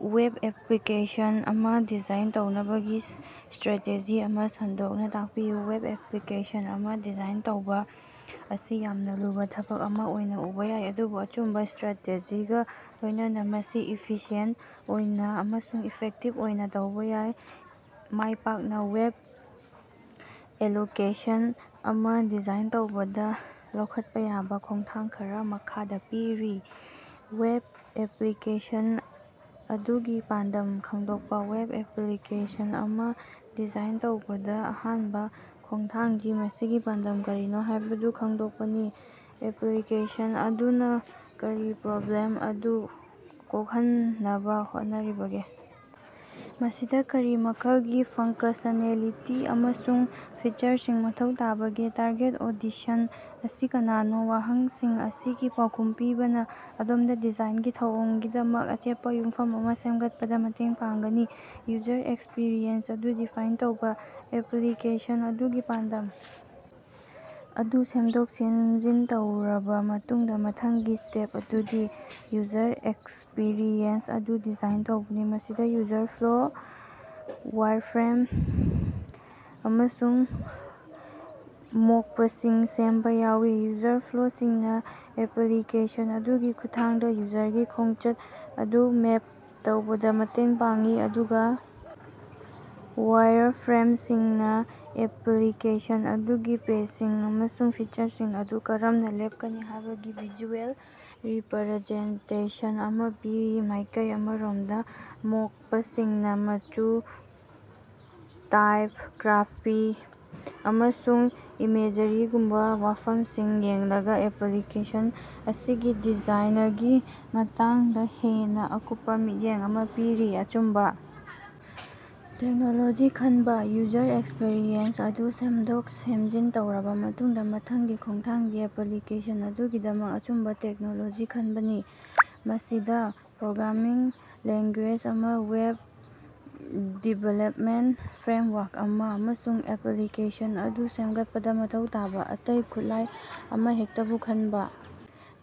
Web application ꯑꯃ design ꯇꯧꯅꯕꯒꯤ strategy ꯑꯃ ꯁꯟꯗꯣꯛꯅ ꯇꯥꯛꯄꯤꯌꯨ꯫ ꯋꯦꯕ ꯑꯦꯄꯂꯤꯀꯦꯁꯟ ꯑꯃ ꯗꯤꯖꯥꯏꯟ ꯇꯧꯕ ꯑꯁꯤ ꯌꯥꯝꯅ ꯂꯨꯕ ꯊꯕꯛ ꯑꯃ ꯑꯣꯏꯅ ꯎꯕ ꯌꯥꯏ, ꯑꯗꯨꯕꯨ ꯑꯆꯨꯝꯕ ꯁ꯭ꯇꯔꯥꯇꯦꯖꯤꯒ ꯂꯣꯏꯅꯅ ꯃꯁꯤ ꯏꯐꯤꯁꯤꯑꯦꯟꯇ ꯑꯣꯏꯅ ꯑꯃꯁꯨꯡ ꯏꯐꯦꯛꯇꯤꯕ ꯑꯣꯏꯅ ꯇꯧꯕ ꯌꯥꯏ꯫ ꯃꯥꯏꯄꯥꯛꯅ ꯋꯦꯕ ꯑꯦꯂꯣꯀꯦꯁꯟ ꯑꯃ ꯗꯤꯖꯥꯏꯟ ꯇꯧꯕꯗ ꯂꯧꯈꯠꯄ ꯌꯥꯕ ꯈꯣꯡꯊꯥꯡ ꯈꯔꯥ ꯃꯈꯥꯗꯥ ꯄꯤꯔꯤ: ꯋꯦꯕ ꯑꯦꯄꯂꯤꯀꯦꯁꯟ ꯑꯗꯨꯒꯤ ꯄꯥꯟꯗꯝ ꯈꯪꯗꯣꯛꯄ: ꯋꯦꯕ ꯑꯦꯄꯂꯤꯀꯦꯁꯟ ꯑꯃ ꯗꯤꯖꯥꯏꯟ ꯇꯧꯕꯗ ꯑꯍꯥꯟꯕ ꯈꯣꯡꯊꯥꯡꯗꯤ ꯃꯁꯤꯒꯤ ꯄꯥꯟꯗꯝ ꯀꯔꯤꯅꯣ ꯍꯥꯏꯕꯗꯨ ꯈꯪꯗꯣꯛꯄꯅꯤ꯫ ꯑꯦꯄꯂꯤꯀꯦꯁꯟ ꯑꯗꯨꯅ ꯀꯔꯤ ꯄ꯭ꯔꯣꯕ꯭ꯂꯦꯝ ꯑꯗꯨ ꯀꯣꯛꯍꯟꯅꯕ ꯍꯣꯠꯅꯔꯤꯕꯒꯦ? ꯃꯁꯤꯗ ꯀꯔꯤ ꯃꯈꯜꯒꯤ ꯐꯪꯀꯁꯅꯦꯂꯤꯇꯤ ꯑꯃꯁꯨꯡ ꯐꯤꯆꯔꯁꯤꯡ ꯃꯊꯧ ꯇꯥꯕꯒꯦ? ꯇꯥꯔꯒꯦꯠ ꯑꯣꯗꯤꯁꯟ ꯑꯁꯤ ꯀꯅꯥꯅꯣ? ꯋꯥꯍꯪꯁꯤꯡ ꯑꯁꯤꯒꯤ ꯄꯥꯎꯈꯨꯝ ꯄꯤꯕꯅ ꯑꯗꯣꯝꯗ ꯗꯤꯖꯥꯏꯟꯒꯤ ꯊꯧꯑꯣꯡꯒꯤꯗꯃꯛ ꯑꯆꯦꯠꯄ ꯌꯨꯝꯐꯝ ꯑꯃ ꯁꯦꯝꯒꯠꯄꯗ ꯃꯇꯦꯡ ꯄꯥꯡꯒꯅꯤ꯫ ꯌꯨꯖꯔ ꯑꯦꯛꯁꯄꯤꯔꯤꯑꯦꯟꯁ ꯑꯗꯨ ꯗꯤꯐꯥꯏꯟ ꯇꯧꯕ: ꯑꯦꯄꯂꯤꯀꯦꯁꯟ ꯑꯗꯨꯒꯤ ꯄꯥꯟꯗꯝ ꯑꯗꯨ ꯁꯦꯝꯗꯣꯛ-ꯁꯦꯝꯖꯤꯟ ꯇꯧꯔꯕ ꯃꯇꯨꯡꯗ ꯃꯊꯪꯒꯤ ꯁ꯭ꯇꯦꯞ ꯑꯗꯨꯗꯤ ꯌꯨꯖꯔ ꯑꯦꯛꯁꯄꯤꯔꯤꯑꯦꯟꯁ ꯑꯗꯨ ꯗꯤꯖꯥꯏꯟ ꯇꯧꯕꯅꯤ꯫ ꯃꯁꯤꯗ ꯌꯨꯖꯔ ꯐ꯭ꯂꯣ, ꯋꯥꯏꯔꯐ꯭ꯔꯦꯝ, ꯑꯃꯁꯨꯡ ꯃꯣꯛꯄꯁꯤꯡ ꯁꯦꯝꯕ ꯌꯥꯎꯏ꯫ ꯌꯨꯖꯔ ꯐ꯭ꯂꯣꯁꯤꯡꯅ ꯑꯦꯄꯂꯤꯀꯦꯁꯟ ꯑꯗꯨꯒꯤ ꯈꯨꯠꯊꯥꯡꯗ ꯌꯨꯖꯔꯒꯤ ꯈꯣꯡꯆꯠ ꯑꯗꯨ ꯃꯦꯞ ꯇꯧꯕꯗ ꯃꯇꯦꯡ ꯄꯥꯡꯏ, ꯑꯗꯨꯒ ꯋꯥꯏꯔꯐ꯭ꯔꯦꯝꯁꯤꯡꯅ ꯑꯦꯄꯂꯤꯀꯦꯁꯟ ꯑꯗꯨꯒꯤ ꯄꯦꯖꯁꯤꯡ ꯑꯃꯁꯨꯡ ꯐꯤꯆꯔꯁꯤꯡ ꯑꯗꯨ ꯀꯔꯝꯅ ꯂꯦꯞꯀꯅꯤ ꯍꯥꯏꯕꯒꯤ ꯚꯤꯖꯨꯑꯦꯜ ꯔꯤꯄꯔꯖꯦꯟꯇꯦꯁꯟ ꯑꯃ ꯄꯤꯔꯤ꯫ ꯃꯥꯏꯀꯩ ꯑꯃꯔꯣꯝꯗ ꯃꯣꯛꯄꯁꯤꯡꯅ ꯃꯆꯨ, ꯇꯥꯏꯄꯒ꯭ꯔꯥꯐꯤ, ꯑꯃꯁꯨꯡ ꯏꯃꯦꯖꯔꯤꯒꯨꯝꯕ ꯋꯥꯐꯝꯁꯤꯡ ꯌꯦꯡꯂꯒ ꯑꯦꯄꯂꯤꯀꯦꯁꯟ ꯑꯁꯤꯒꯤ ꯗꯤꯖꯥꯏꯅꯒꯤ ꯃꯇꯥꯡꯗ ꯍꯦꯟꯅ ꯑꯀꯨꯞꯄ ꯃꯤꯠꯌꯦꯡ ꯑꯃ ꯄꯤꯔꯤ꯫ ꯑꯆꯨꯝꯕ ꯇꯦꯛꯅꯣꯂꯣꯖꯤ ꯈꯟꯕ: ꯌꯨꯖꯔ ꯑꯦꯛꯁꯄꯤꯔꯤꯑꯦꯟꯁ ꯑꯗꯨ ꯁꯦꯝꯗꯣꯛ-ꯁꯦꯝꯖꯤꯟ ꯇꯧꯔꯕ ꯃꯇꯨꯡꯗ ꯃꯊꯪꯒꯤ ꯈꯣꯡꯊꯥꯡꯗꯤ ꯑꯦꯄꯂꯤꯀꯦꯁꯟ ꯑꯗꯨꯒꯤꯗꯃꯛ ꯑꯆꯨꯝꯕ ꯇꯦꯛꯅꯣꯂꯣꯖꯤ ꯈꯟꯕꯅꯤ꯫ ꯃꯁꯤꯗ ꯄ꯭ꯔꯣꯒ꯭ꯔꯥꯃꯤꯡ ꯂꯦꯡꯒꯨꯌꯦꯖ ꯑꯃ, ꯋꯦꯕ ꯗꯤꯚꯦꯂꯄꯃꯦꯟꯇ ꯐ꯭ꯔꯦꯝꯋꯥꯔꯛ ꯑꯃ, ꯑꯃꯁꯨꯡ ꯑꯦꯄꯂꯤꯀꯦꯁꯟ ꯑꯗꯨ ꯁꯦꯝꯒꯠꯄꯗ ꯃꯊꯧ ꯇꯥꯕꯥ ꯑꯇꯩ ꯈꯨꯠꯂꯥꯏ ꯑꯃꯍꯦꯛꯇꯕꯨ ꯈꯟꯕ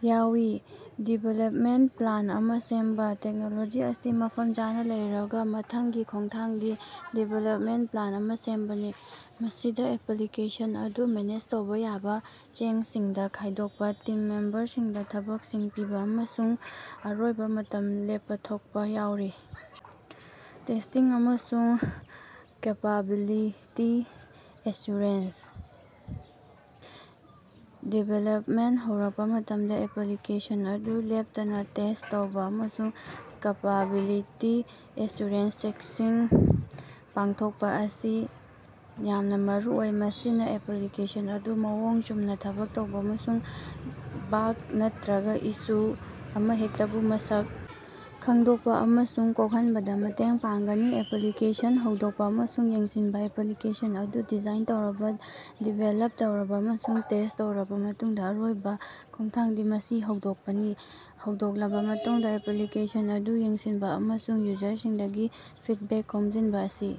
ꯌꯥꯎꯏ꯫ ꯗꯤꯕꯦꯂꯄꯃꯦꯟꯇ ꯄ꯭ꯂꯥꯟ ꯑꯃ ꯁꯦꯝꯕ: ꯇꯦꯛꯅꯣꯂꯣꯖꯤ ꯑꯁꯤ ꯃꯐꯝ ꯆꯥꯅ ꯂꯩꯔꯒ ꯃꯊꯪꯒꯤ ꯈꯣꯡꯊꯥꯡꯗꯤ ꯗꯤꯕꯦꯂꯄꯃꯦꯟꯇ ꯄ꯭ꯂꯥꯟ ꯑꯃ ꯁꯦꯝꯕꯅꯤ꯫ ꯃꯁꯤꯗ ꯑꯦꯄꯂꯤꯀꯦꯁꯟ ꯑꯗꯨ ꯃꯦꯅꯦꯖ ꯇꯧꯕ ꯌꯥꯕ ꯆꯦꯡꯁꯤꯡꯗ ꯈꯥꯏꯗꯣꯛꯄ, ꯇꯤꯝ ꯃꯦꯝꯕꯔꯁꯤꯡꯗ ꯊꯕꯛꯁꯤꯡ ꯄꯤꯕ ꯑꯃꯁꯨꯡ ꯑꯔꯣꯏꯕ ꯃꯇꯝ ꯂꯦꯄꯊꯣꯛꯄ ꯌꯥꯎꯔꯤ꯫ ꯇꯦꯁ꯭ꯇꯤꯡ ꯑꯃꯁꯨꯡ ꯀ꯭ꯕꯥꯂꯤꯇꯤ ꯑꯦꯁꯨꯔꯦꯟꯁ: ꯗꯤꯕꯦꯂꯄꯃꯦꯟꯇ ꯍꯧꯔꯛꯄ ꯃꯇꯝꯗ ꯑꯦꯄꯂꯤꯀꯦꯁꯟ ꯑꯗꯨ ꯂꯦꯞꯇꯅ ꯇꯦꯁ꯭ꯠ ꯇꯧꯕ ꯑꯃꯁꯨꯡ ꯀ꯭ꯕꯥꯂꯤꯇꯤ ꯑꯦꯁꯨꯔꯦꯟꯁ ꯆꯦꯛꯁꯤꯡ ꯄꯥꯡꯊꯣꯛꯄ ꯑꯁꯤ ꯌꯥꯝꯅ ꯃꯔꯨꯑꯣꯏ꯫ ꯃꯁꯤꯅ ꯑꯦꯄꯂꯤꯀꯦꯁꯟ ꯑꯗꯨ ꯃꯑꯣꯡ ꯆꯨꯝꯅ ꯊꯕꯛ ꯇꯧꯕ ꯑꯃꯁꯨꯡ ꯕꯥꯒ ꯅꯠꯇꯔꯒ ꯏꯁꯨ ꯑꯃꯍꯦꯛꯇꯕꯨ ꯃꯁꯛ ꯈꯪꯗꯣꯛꯄ ꯑꯃꯁꯨꯡ ꯀꯣꯛꯍꯟꯕꯗ ꯃꯇꯦꯡ ꯄꯥꯡꯒꯅꯤ꯫ ꯑꯦꯄꯂꯤꯀꯦꯁꯟ ꯍꯧꯗꯣꯛꯄ ꯑꯃꯁꯨꯡ ꯌꯦꯡꯁꯤꯟꯕ: ꯑꯦꯄꯂꯤꯀꯦꯁꯟ ꯑꯗꯨ ꯗꯤꯖꯥꯏꯟ ꯇꯧꯔꯕ, ꯗꯤꯕꯦꯂꯞ ꯇꯧꯔꯕ ꯑꯃꯁꯨꯡ ꯇꯦꯁ꯭ꯠ ꯇꯧꯔꯕ ꯃꯇꯨꯡꯗ ꯑꯔꯣꯏꯕ ꯈꯣꯡꯊꯥꯡꯗꯤ ꯃꯁꯤ ꯍꯧꯗꯣꯛꯄꯅꯤ꯫ ꯍꯧꯗꯣꯛꯂꯕ ꯃꯇꯨꯡꯗ ꯑꯦꯄꯂꯤꯀꯦꯁꯟ ꯑꯗꯨ ꯌꯦꯡꯁꯤꯟꯕ ꯑꯃꯁꯨꯡ ꯌꯨꯖꯔꯁꯤꯡꯗꯒꯤ ꯐꯤꯗꯕꯦꯛ ꯈꯣꯝꯖꯤꯟꯕ ꯑꯁꯤ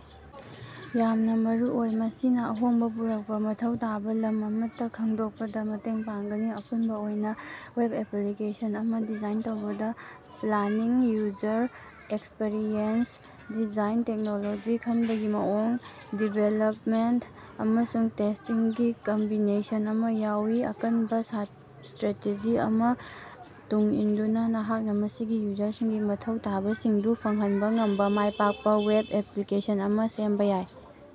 ꯌꯥꯝꯅ ꯃꯔꯨꯑꯣꯏ꯫ ꯃꯁꯤꯅ ꯑꯍꯣꯡꯕ ꯄꯨꯔꯛꯄ ꯃꯊꯧ ꯇꯥꯕ ꯂꯝ ꯑꯃꯠꯇ ꯈꯪꯗꯣꯛꯄꯗ ꯃꯇꯦꯡ ꯄꯥꯡꯒꯅꯤ꯫ ꯑꯄꯨꯟꯕ ꯑꯣꯏꯅ ꯋꯦꯕ ꯑꯦꯄꯂꯤꯀꯦꯁꯟ ꯑꯃ ꯗꯤꯖꯥꯏꯟ ꯇꯧꯕꯗꯥ planning, user experience design, technology ꯈꯟꯕꯒꯤ ꯃꯑꯣꯡ, ꯗꯤꯕꯦꯂꯄꯃꯦꯟꯇ, ꯑꯃꯁꯨꯡ ꯇꯦꯁ꯭ꯇꯤꯡꯒꯤ ꯀꯝꯕꯤꯅꯦꯁꯟ ꯑꯃ ꯌꯥꯎꯏ꯫ ꯑꯀꯟꯕꯥ ꯁ꯭ꯇꯔꯥꯇꯦꯖꯤ ꯑꯃ ꯇꯨꯡ ꯏꯟꯗꯨꯅ, ꯅꯍꯥꯛꯅ ꯃꯁꯤꯒꯤ ꯌꯨꯖꯔꯁꯤꯡꯒꯤ ꯃꯊꯧ ꯇꯥꯕꯁꯤꯡꯗꯨ ꯐꯪꯍꯟꯕ ꯉꯝꯕ ꯃꯥꯏꯄꯥꯛꯄ ꯋꯦꯕ ꯑꯦꯄꯂꯤꯀꯦꯁꯟ ꯑꯃ ꯁꯦꯝꯕ ꯌꯥꯏ꯫।